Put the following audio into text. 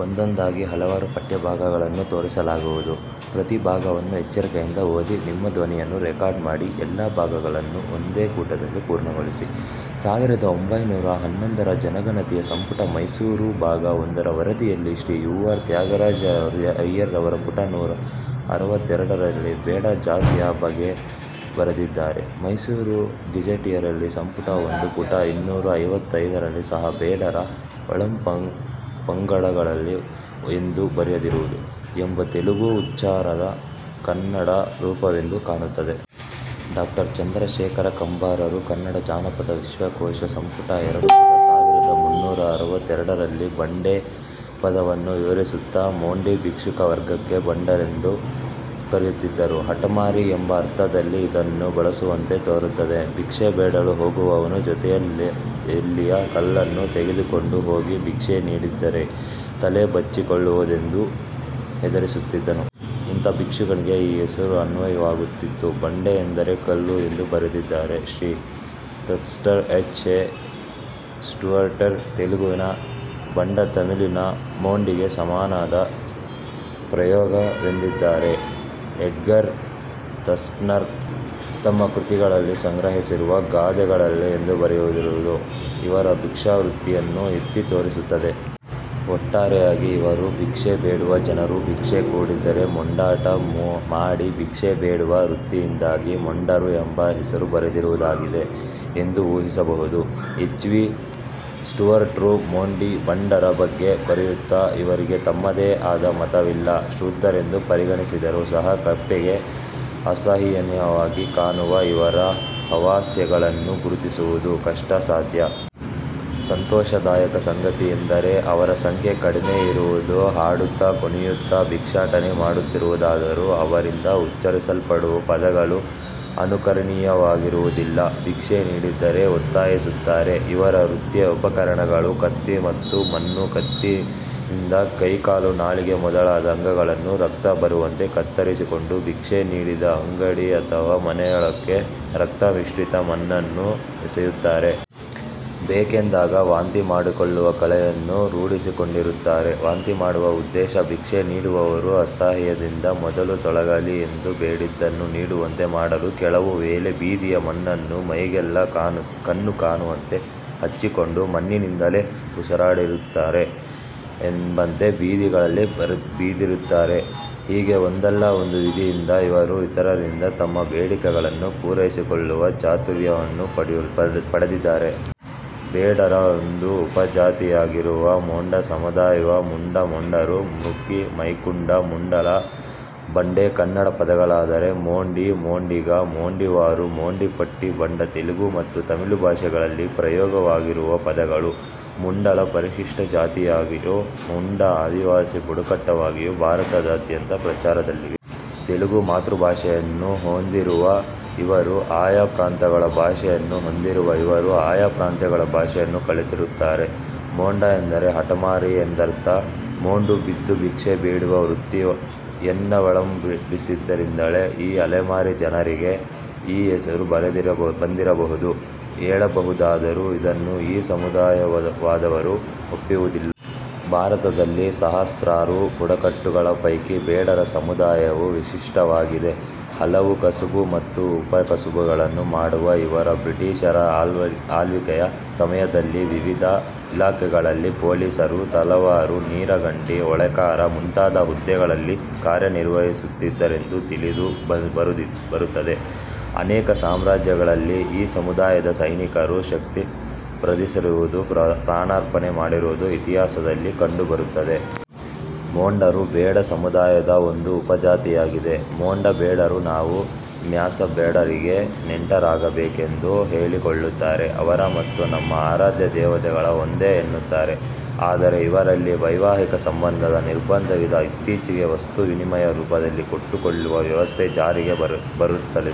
ಸಾವಿರದ ಒಂಭೈನೂರ ಹನ್ನೊಂದರ ಜನಗಣತಿಯ ಸಂಪುಟ ಮೈಸೂರು ಭಾಗ ಒಂದರ ವರದಿಯಲ್ಲಿ ಶ್ರೀ ಯು. ಆರ್. ತ್ಯಾಗರಾಜ ಅಯ್ಯರ್ರವರು ಪುಟ ನೂರ ಅರವತ್ತೆರಡರಲ್ಲಿ ಬೇಡ ಜಾತಿಯ ಬಗ್ಗೆ ಬರೆದಿದ್ದಾರೆ. ಮೈಸೂರು ಗೆಜೆಟಿಯರಲ್ಲಿ ಸಂಪುಟ ಒಂದು ಪುಟ ಇನ್ನೂರ ಐವತ್ತೈದರಲ್ಲಿ ಸಹ ಬೇಡರ ಒಳಪಂಗಡಗಳಲ್ಲಿ ಎಂದು ಬರೆದಿರುವುದು ಎಂಬ ತೆಲುಗು ಉಚ್ಚಾರದ ಕನ್ನಡ ರೂಪವೆಂದು ಕಾಣುತ್ತದೆ. ಡಾಕ್ಟರ್ ಚಂದ್ರಶೇಖರ ಕಂಬಾರರು ಕನ್ನಡ ಜಾನಪದ ವಿಶ್ವಕೋಶ, ಸಂಪುಟ ಎರಡು ಪುಟ ಸಾವಿರದ ಮುನ್ನೂರ ಅರವತ್ತೆರಡರಲ್ಲಿ ಬಂಡೆ ಪದವನ್ನು ವಿವರಿಸುತ್ತಾ ಮೊಂಡಿ ಭಿಕ್ಷುಕ ವರ್ಗಕ್ಕೆ ಬಂಡರೆಂದು ಕರೆಯುತ್ತಿದ್ದರು. ಹಟಮಾರಿ ಎಂಬ ಅರ್ಥದಲ್ಲಿ ಇದನ್ನು ಬಳಸುವಂತೆ ತೋರುತ್ತದೆ. ಭಿಕ್ಷೆ ಬೇಡಲು ಹೋಗುವವನು ಜೊತೆಯಲ್ಲಿಯ ಕಲ್ಲನ್ನು ತೆಗೆದುಕೊಂಡು ಹೋಗಿ ಭಿಕ್ಷೆ ನೀಡದಿದ್ದರೆ ತಲೆ ಚಚ್ಚಿಕೊಳ್ಳುವೆನೆಂದು ಹೆದರಿಸುತ್ತಿದ್ದನು. ಇಂಥ ಭಿಕ್ಷುಕನಿಗೆ ಈ ಹೆಸರು ಅನ್ವಯವಾಗುತ್ತಿತ್ತು. ಬಂಡ ಎಂದರೆ ಕಲ್ಲು ಎಂದು ಬರೆದಿದ್ದಾರೆ. Shri Thurston, H. ಎ. ಸ್ಟೂವರ್ಟರು ತೆಲುಗಿನ ಬಂಡ ತಮಿಳಿನ ಮೊಂಡಿಗೆ ಸಮಾನವಾದ ಪ್ರಯೋಗ ವೆಂದಿದ್ದಾರೆ. ಎಡ್ಗರ್ ಥರ್ಸ್ಟ್ನರು ತಮ್ಮ ಕೃತಿಗಳಲ್ಲಿ ಸಂಗ್ರಹಿಸಿರುವ ಗಾದೆಗಳಲ್ಲಿ ಎಂದು ಬರೆದಿರುವುದು ಇವರ ಭಿಕ್ಷಾವೃತ್ತಿಯನ್ನು ಎತ್ತಿ ತೋರಿಸುತ್ತದೆ. ಒಟ್ಟಾರೆಯಾಗಿ ಇವರು ಭಿಕ್ಷೆ ಬೇಡುವ ಜನರು ಭಿಕ್ಷೆ ಕೊಡದಿದ್ದರೆ ಮೊಂಡಾಟ ಮಾಡಿ ಭಿಕ್ಷೆ ಬೇಡುವ ವೃತ್ತಿಯಿಂದಾಗಿ ಮೊಂಡರು ಎಂಬ ಹೆಸರು ಬಂದಿರುವುದಾಗಿದೆ ಎಂದು ಊಹಿಸಬಹುದು. ಹೆಚ್. ವಿ. ಸ್ಟೂವರ್ಟ್ ರು ಮೊಂಡಿ / ಬಂಡರ ಬಗ್ಗೆ ಬರೆಯುತ್ತಾ "ಇವರಿಗೆ ತಮ್ಮದೇ ಆದ ಮತವಿಲ್ಲ. ಶೂದ್ರರೆಂದು ಪರಿಗಣಿಸಿದರೂ ಸಹ ಕಪ್ಪಗೆ ಅಸಹನೀಯವಾಗಿ ಕಾಣುವ ಇವರ ಹವ್ಯಾಸಗಳನ್ನು ಗುರುತಿಸುವುದು ಕಷ್ಟ ಸಾಧ್ಯ. ಸಂತೋಷದಾಯಕ ಸಂಗತಿಯೆಂದರೆ ಅವರ ಸಂಖ್ಯೆ ಕಡಿಮೆ ಇರುವುದು. ಹಾಡುತ್ತಾ ಕುಣಿಯುತ್ತಾ ಭಿಕ್ಷಾಟನೆ ಮಾಡುತ್ತಾರಾದರೂ ಅವರಿಂದ ಉಚ್ಚರಿಸಲ್ಪಡುವ ಪದಗಳು ಅನುಕರಣೀಯವಾಗಿ ರುವುದಿಲ್ಲ. ಭಿಕ್ಷೆ ನೀಡದಿದ್ದರೆ ಒತ್ತಾಯಿಸುತ್ತಾರೆ. ಇವರ ವೃತ್ತಿಯ ಉಪಕರಣಗಳು ಕತ್ತಿ ಮತ್ತು ಮಣ್ಣು. ಕತ್ತಿಯಿಂದ ಕೈ ಕಾಲು ನಾಲಿಗೆ ಮೊದಲಾದ ಅಂಗಗಳನ್ನು ರಕ್ತ ಬರುವಂತೆ ಕತ್ತರಿಸಿಕೊಂಡು, ಭಿಕ್ಷೆ ನೀಡದ ಅಂಗಡಿ ಅಥವಾ ಮನೆಯೊಳಕ್ಕೆ ರಕ್ತಮಿಶ್ರಿತ ಮಣ್ಣನ್ನು ಎಸೆಯುತ್ತಾರೆ. ಬೇಕೆಂದಾಗ ವಾಂತಿ ಮಾಡಿಕೊಳ್ಳುವ ಕಲೆಯನ್ನು ರೂಢಿಸಿಕೊಂಡಿರುತ್ತಾರೆ. ವಾಂತಿ ಮಾಡುವ ಉದ್ದೇಶ ಭಿಕ್ಷೆ ನೀಡುವವರು ಅಸಹ್ಯದಿಂದ ಮೊದಲು ತೊಲಗಲಿ ಎಂದು ಬೇಡಿದ್ದನ್ನು ನೀಡುವಂತೆ ಮಾಡಲು ಕೆಲವು ವೇಳೆ ಬೀದಿಯ ಮಣ್ಣನ್ನು ಮೈಗೆಲ್ಲಾ ಕಣ್ಣು ಕಾಣುವಂತೆ ಹಚ್ಚಿಕೊಂಡು ಮಣ್ಣಿನಿಂದಲೇ ಉಸಿರಾಡುತ್ತಿದ್ದಾರೋ ಎಂಬಂತೆ ಬೀದಿ ಗಳಲ್ಲಿ ಬಿದ್ದಿರುತ್ತಾರೆ. ಹೀಗೆ ಒಂದಲ್ಲ ಒಂದು ವಿಧಿಯಿಂದ ಇವರು ಇತರರಿಂದ ತಮ್ಮ ಬೇಡಿಕೆಗಳನ್ನು ಪೂರೈಸಿಕೊಳ್ಳುವ ಚಾತುರ್ಯವನ್ನು ಪಡೆದಿದ್ದಾರೆ". ಬೇಡರ ಒಂದು ಉಪಜಾತಿಯಾಗಿರುವ ಮೊಂಡ ಸಮುದಾಯವು ಮುಂಡ ಮೊಂಡರು ಮುಕ್ರಿ ಮೈಕುಂಡ, ಮುಂಡಲ ಬಂಡೆ ಕನ್ನಡ ಪದಗಳಾದರೆ ಮೊಂಡಿ, ಮೊಂಡಿಗ, ಮೊಂಡಿವಾರು, ಮೊಂಡಿಪಟ್ಟಿ, ಬಂಡ ತೆಲುಗು ಮತ್ತು ತಮಿಳು ಭಾಷೆಗಳಲ್ಲಿ ಪ್ರಯೋಗ ವಾಗಿರುವ ಪದಗಳು. ಮುಂಡಲ ಪರಿಶಿಷ್ಟ ಜಾತಿಯಾಗಿಯೂ ಮುಂಡ ಆದಿವಾಸಿ ಬುಡಕಟ್ಟಾಗಿಯೂ ಭಾರತದಾದ್ಯಂತ ಪ್ರಚಾರದಲ್ಲಿವೆ. ತೆಲುಗು ಮಾತೃಭಾಷೆಯನ್ನು ಹೊಂದಿ ರುವ ಇವರು ಆಯಾ ಪ್ರಾಂತಗಳ ಭಾಷೆಯನ್ನು ಹೊಂದಿರುವ ಇವರು ಆಯಾ ಪ್ರಾಂತಗಳ ಭಾಷೆಯನ್ನು ಕಲಿತಿರುತ್ತಾರೆ. ಮೊಂಡ ಎಂದರೆ ಹಠಮಾರಿ ಎಂದರ್ಥ. ಮೊಂಡು ಬಿದ್ದು ಭಿಕ್ಷೆ ಬೇಡುವ ವೃತ್ತಿಯನ್ನವಲಂಬಿಸಿದ್ದರಿಂದಲೇ ಈ ಅಲೆಮಾರಿ ಜನರಿಗೆ ಈ ಹೆಸರು ಬಂದಿರಬಹುದೆಂದು ಹೇಳಬಹುದಾದರೂ ಇದನ್ನು ಈ ಸಮುದಾಯದವರು ಒಪ್ಪುವುದಿಲ್ಲ. ಭಾರತದಲ್ಲಿ ಸಹಸ್ರಾರು ಬುಡಕಟ್ಟುಗಳ ಪೈಕಿ ಬೇಡರ ಸಮುದಾಯವು ವಿಶಿಷ್ಟವಾಗಿದೆ. ಹಲವು ಕಸುಬು ಮತ್ತು ಉಪ ಕಸುಬುಗಳನ್ನು ಮಾಡುವ ಇವರು ಬ್ರಿಟಿಷರ ಆಳ್ವಿಕೆಯ ಸಮಯದಲ್ಲಿ ವಿವಿಧ ಇಲಾಖೆಗಳಲ್ಲಿ ಪೋಲಿಸರು, ತಳವಾರ, ನೀರಗಂಟಿ, ಓಲೆಕಾರ ಮುಂತಾದ ಹುದ್ದೆಗಳಲ್ಲಿ ಕಾರ್ಯ ನಿರ್ವಹಿಸುತ್ತಿದ್ದರೆಂದು ತಿಳಿದು ಬರುತ್ತದೆ. ಅನೇಕ ಸಾಮ್ರಾಜ್ಯಗಳಲ್ಲಿ ಈ ಸಮುದಾಯದ ಸೈನಿಕರು ಶಕ್ತಿ ಪ್ರದರ್ಶಿಸಿರುವುದು ಪ್ರಾಣಾರ್ಪಣೆ ಮಾಡಿರುವುದು ಇತಿಹಾಸದಲ್ಲಿ ಕಂಡು ಬರುತ್ತದೆ. ಮೊಂಡರು ಬೇಡ ಸಮುದಾಯದ ಒಂದು ಉಪಜಾತಿಯಾಗಿದೆ. ಮೊಂಡ ಬೇಡರು ನಾವು ಮ್ಯಾಸಬೇಡರಿಗೆ ನೆಂಟರಾಗಬೇಕೆಂದು ಹೇಳಿಕೊಳ್ಳುತ್ತಾರೆ. ಅವರ ಮತ್ತು ನಮ್ಮ ಆರಾಧ್ಯ ದೇವತೆಗಳು ಒಂದೇ ಎನ್ನುತ್ತಾರೆ. ಆದರೆ ಇವರಲ್ಲಿ ವೈವಾಹಿಕ ಸಂಬಂಧದ ನಿರ್ಬಂಧವಿದೆ. ಇತ್ತೀಚೆಗೆ ವಸ್ತು ವಿನಿಮಯ ರೂಪದಲ್ಲಿ ಕೊಟ್ಟುಕೊಳ್ಳುವ ವ್ಯವಸ್ಥೆ ಜಾರಿಗೆ ಬರುತ್ತಲಿದೆ.